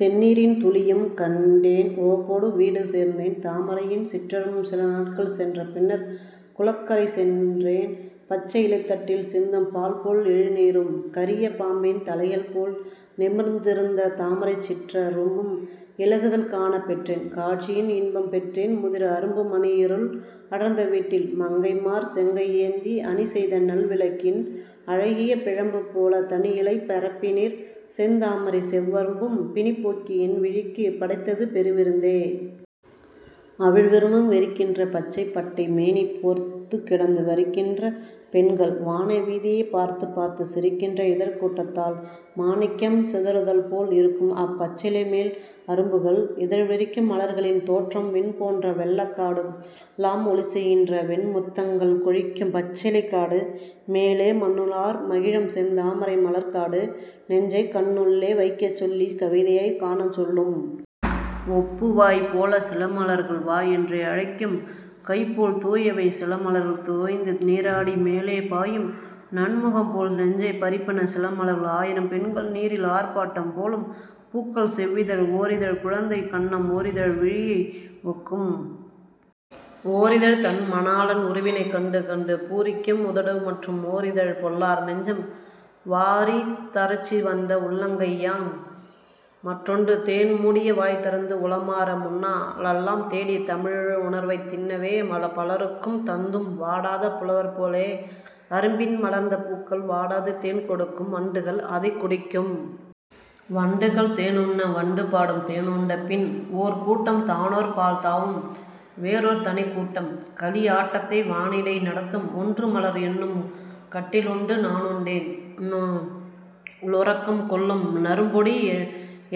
தெண்ணீரின் துளியும் கண்டேன் உவப்போடு வீடு சேர்ந்தேன். தாமரையின் சிற்றரும்பு சிலநாட்கள் சென்ற பின்னர்க் குளக்கரை சென்றேன்! பச்சை இலத்தட்டில் சிந்தும் பால்போல் எழில்நீரும், கரிய பாம்பின் தலைகள்போல் நிமிர்ந் திருந்த தாமரைச் சிற்ற ரும்பும் இலகுதல் காணப் பெற்றேன்; காட்சியின் இன்பம் பெற்றேன். முதிர் அரும்பு மணிஇருள் அடர்ந்த வீட்டில் மங்கைமார், செங்கை ஏந்தி, அணிசெய்த நல்வி ளக்கின் அழகிய பிழம்பு போலத் தணிஇலைப் பரப்பி னிற்செந் தாமரைச் செவ்வ ரும்பு பிணிபோக்கி என்வி ழிக்குப் படைத்தது பெருவி ருந்தே! அவிழ் அரும்பு விரிகின்ற பச்சைப் பட்டை மேனிபோர்த் துக் கிடந்து வரிக்கின்ற பெண்கள், வான வீதியைப் பார்த்துப் பார்த்துச் சிரிக்கின்ற இதழ்க்கூட் டத்தால் மாணிக்கம் சிதறு தல்போல் இருக்கும்அப் பச்சி லைமேல் அரும்புகள் இதழ்வி ரிக்கும்! மலர்களின் தோற்றம் விண்போன்ற வெள்ளக் காடு, மேலெலாம் ஒளிசெய் கின்ற வெண்முத்தங் கள்கொழிக்கும் பச்சிலைக் காடு, மேலே மண்ணுளார் மகிழும் செந்தா மரைமலர்க் காடு, நெஞ்சைக் கண்ணுளே வைக்கச் சொல்லிக் கவிதையைக் காணச் சொல்லும். ஒப்பு வாய்போலச் சிலம லர்கள்! 'வா' என்றே அழைக்கும் கைபோல் தூயவை சிலம லர்கள்! தோய்ந்துநீ ராடி மேலே பாயும்நன் முகம்போல் நெஞ்சைப் பறிப்பன சிலம லர்கள்! ஆயிரம் பெண்கள் நீரில் ஆர்ப்பாட்டம் போலும் பூக்கள்! செவ்விதழ் ஓரிதழ் குழந்தை கன்னம்! ஓரிதழ் விழியை ஒக்கும்! ஓரிதழ் தன்ம ணாளன் உருவினைக் கண்டு கண்டு பூரிக்கும் உதடு! மற்றும் ஓரிதழ் பொல்லார் நெஞ்சம்! வாரித் தரச்சி வந்த உள்ளங்கை யாம் மற்றொன்று! தேன் மூடிய வாய்தி றந்து உளமார முன்னா ளெல்லாம் தேடிய தமிழு ணர்வைத் தின்னவே பலர்க்கும் தந்தும் வாடாத புலவர் போலே அரும்பிப்பின் மலர்ந்த பூக்கள் வாடாது தேன்கொ டுக்கும் வண்டுகள் அதைக் குடிக்கும்! வண்டுகள் தேனுண்ண, வண்டு பாடும்! தேனுண்டபின், ஓர் கூட்டம் தானோர்பால் தாவும்! வேறோர் தனிக்கூட்டம் களியாட்டத்தை வானிடை நடத்தும்! ஒன்று மலர் என்னும் கட்டி லுண்டு நானுண்டென் றுறக்கம் கொள்ளும் நறும்பொடி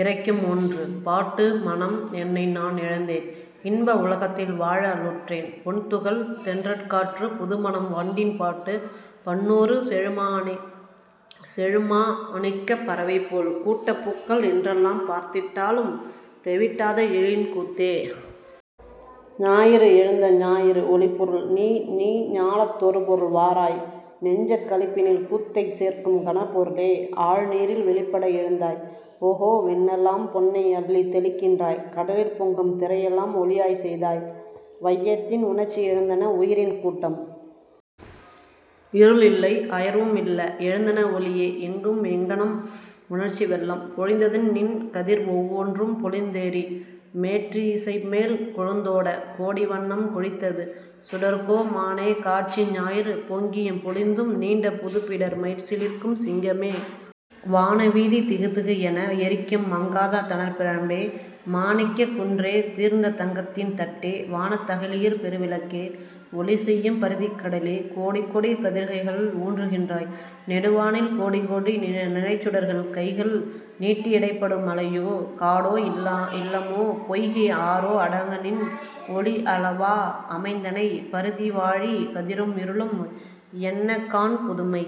இறைக்கும் ஒன்று. பாட்டு, மணம் என்னைநான் இழந்தேன்; இன்ப உலகத்தில் வாழ லுற்றேன் பொன்துகள், தென்றற் காற்றுப், புதுமணம், வண்டின் பாட்டுப், பன்னூறு செழுமா ணிக்கப் பறவைபோல் கூட்டப் பூக்கள் இன்றெலாம் பார்த்திட் டாலும் தெவிட்டாத எழிலின் கூத்தே!. ஞாயிறு எழுந்த ஞாயிறு ஒளிப்பொருள் நீ! நீ ஞாலத் தொருபொருள், வாராய்! நெஞ்சக் களிப்பினில் கூத்தைச் சேர்க்கும் கனற் பொரு ளே, ஆழ் நீரில் வெளிப்பட எழுந்தாய்; ஓகோ விண்ணெலாம் பொன்னை அள்ளித் தெளிக்கின்றாய்; கடலிற் பொங்கும் திரையெலாம் ஒளியாய்ச் செய்தாய். வையத்தின் உணர்ச்சி எழுந்தன உயிரின் கூட்டம்! இருள் இல்லை அயர்வும் இல்ல! எழுந்தன ஒளியே, எங்கும்! எங்கணும் உணர்ச்சி வெள்ளம் பொழிந்தநின் கதிர் ஒவ் வொன்றும் பொலிந் தேறி, மேற்றி சைமேல் கொழுந்தோடக் கோடி வண்ணம் கொழித்தது சுடர்க்கோ மானே! காட்சி ஞாயிறு பொங்கியும் பொலிந்தும் நீண்ட புதுப்பிடர் மயிர்சி லிர்க்கும் சிங்கமே! வான வீதி திகு திகு என எரிக்கும் மங்காத தணற்பி ழம்பே! மாணிக்கக் குன்றே! தீர்ந்த தங்கத்தின் தட்டே! வானத் தகளியிற் பெருவிளக்கே! ஒளிசெய்யும் பரிதி கடலிலே கோடி கோடிக் கதிர்க்கைகள் ஊன்றுகின்றாய்! நெடுவானில் கோடி கோடி நிறைசுடர்க் கைகள் நீட்டி இடைப்படு மலையோ காடோ இல்லமோ பொய்கை ஆறோ அடங்கநின் ஒளிஅ ளவா அமைந்தனை! பரிதி வாழி! கதிரும் இருளும் என்னகாண் புதுமை!